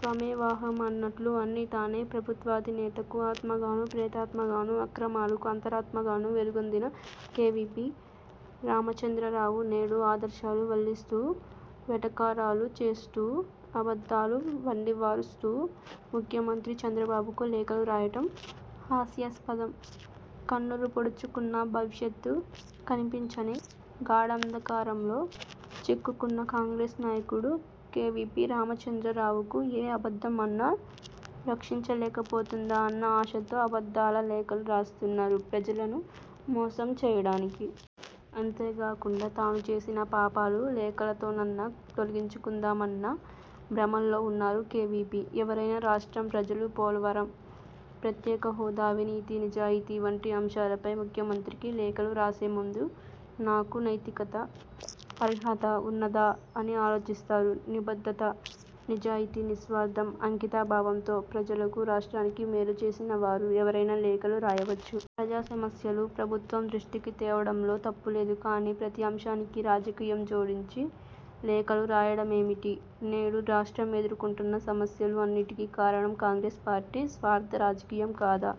త్వమేవాహం అన్నట్లు అన్నీ తానై ప్రభుత్వాధినేతకు ఆత్మగానో, ప్రేతాత్మగానో, అక్రమాలకు అంతరాత్మగానో వెలుగొందిన కేవీపీ రామచంద్రరావు నేడు ఆదర్శాలు వల్లిస్తూ, వెటకారాలు చేస్తూ, అబద్ధాలు వండివారుస్తూ ముఖ్యమంత్రి చంద్రబాబుకు లేఖలు రాయడం హాస్యాస్పదం. కన్నులు పొడుచుకున్నా భవిష్యత్తు కనిపించని గాఢాంధకారంలో చిక్కుకున్న కాంగ్రెస్ నాయకుడు కేవీపీ రామచంద్రరావుకు ఏ అబద్ధం అన్నా రక్షించలేకపోతుందా అన్న ఆశతో అబద్ధాల లేఖలు రాస్తున్నారు ప్రజలను మోసం చేయడానికి. అంతేగాకుండా తానుచేసిన పాపాలు లేఖలతోనన్నా తొలగించుకుందామన్న భ్రమల్లో ఉన్నారు కేవీపీ. ఎవరైనా రాష్ట్రం, ప్రజలు పోలవరం, ప్రత్యేకహోదా, అవినీతి, నిజాయితీ, వంటి అంశాలపై ముఖ్యమంత్రికి లేఖలు రాసేముందు నాకు నైతికత, అర్హత ఉన్నదా అని ఆలోచిస్తారు. నిబద్ధత, నిజాయితీ, నిస్వార్ధం, అంకితభావంతో ప్రజలకు, రాష్ట్రానికి మేలుచేసిన వారు ఎవరైనా లేఖలు రాయవచ్చు. ప్రజాసమస్యలు ప్రభుత్వం దృష్టికి తేవడంలో తప్పులేదు. కానీ ప్రతి అంశానికి రాజకీయం జోడించి లేఖలు రాయడమేమిటి? నేడు రాష్ట్రం ఎదుర్కొంటున్న సమస్యలు అన్నిటికీ కారణం కాంగ్రెస్ పార్టీ స్వార్ధ రాజకీయం కాదా?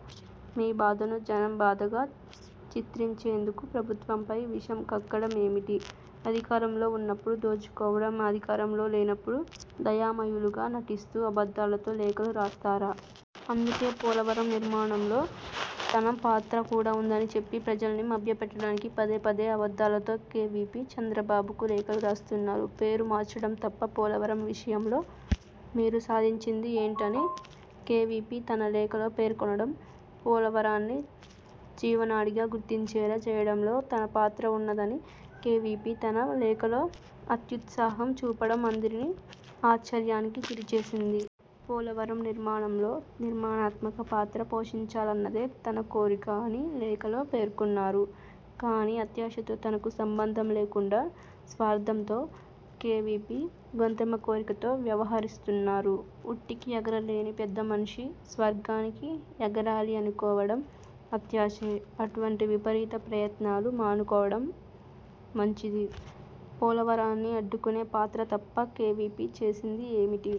మీ బాధను జనం బాధగా చిత్రించేందుకు ప్రభుత్వంపై విషం కక్కడం ఏమిటి? అధికారంలో ఉన్నప్పుడు దోచుకోవడం, అధికారంలో లేనప్పుడు దయామయులుగా నటిస్తూ అబద్ధాలతో లేఖలు రాస్తారా? అందుకే పోలవరం నిర్మాణంలో తన పాత్ర కూడా ఉందని చెప్పి ప్రజల్ని మభ్యపెట్టడానికి పదే పదే అబద్ధాలతో కేవీపీ చంద్రబాబుకు లేఖలు రాస్తున్నారు. పేరు మార్చడం తప్ప పోలవరం విషయంలో మీరు సాధించింది ఏంటని కేవీపీ తన లేఖలో పేర్కొనడం, పోలవరాన్ని జీవనాడిగా గుర్తించేలా చేయడంలో తన పాత్ర ఉన్నదని కేవీపీ తన లేఖలో అత్యుత్సాహం చూపడం అందరినీ ఆశ్చర్యానికి గురిచేసింది. పోలవరం నిర్మాణంలో నిర్మాణాత్మక పాత్ర పోషించాలన్నదే తన కోరిక అని లేఖలో పేర్కొన్నారు. కానీ అత్యాశతో తనకు సంబంధం లేకుండా స్వార్ధంతో కేవీపీ గొంతెమ్మ కోరికతో వ్యవహరిస్తున్నారు. ఉట్టికి ఎగరలేని పెద్దమనిషి స్వర్గానికి ఎగరాలి అనుకోవడం అత్యాశే. అటువంటి విపరీత ప్రయత్నాలు మానుకోవడం మంచిది. పోలవరాన్ని అడ్డుకునే పాత్ర తప్పా కేవీపీ చేసింది ఏమిటి?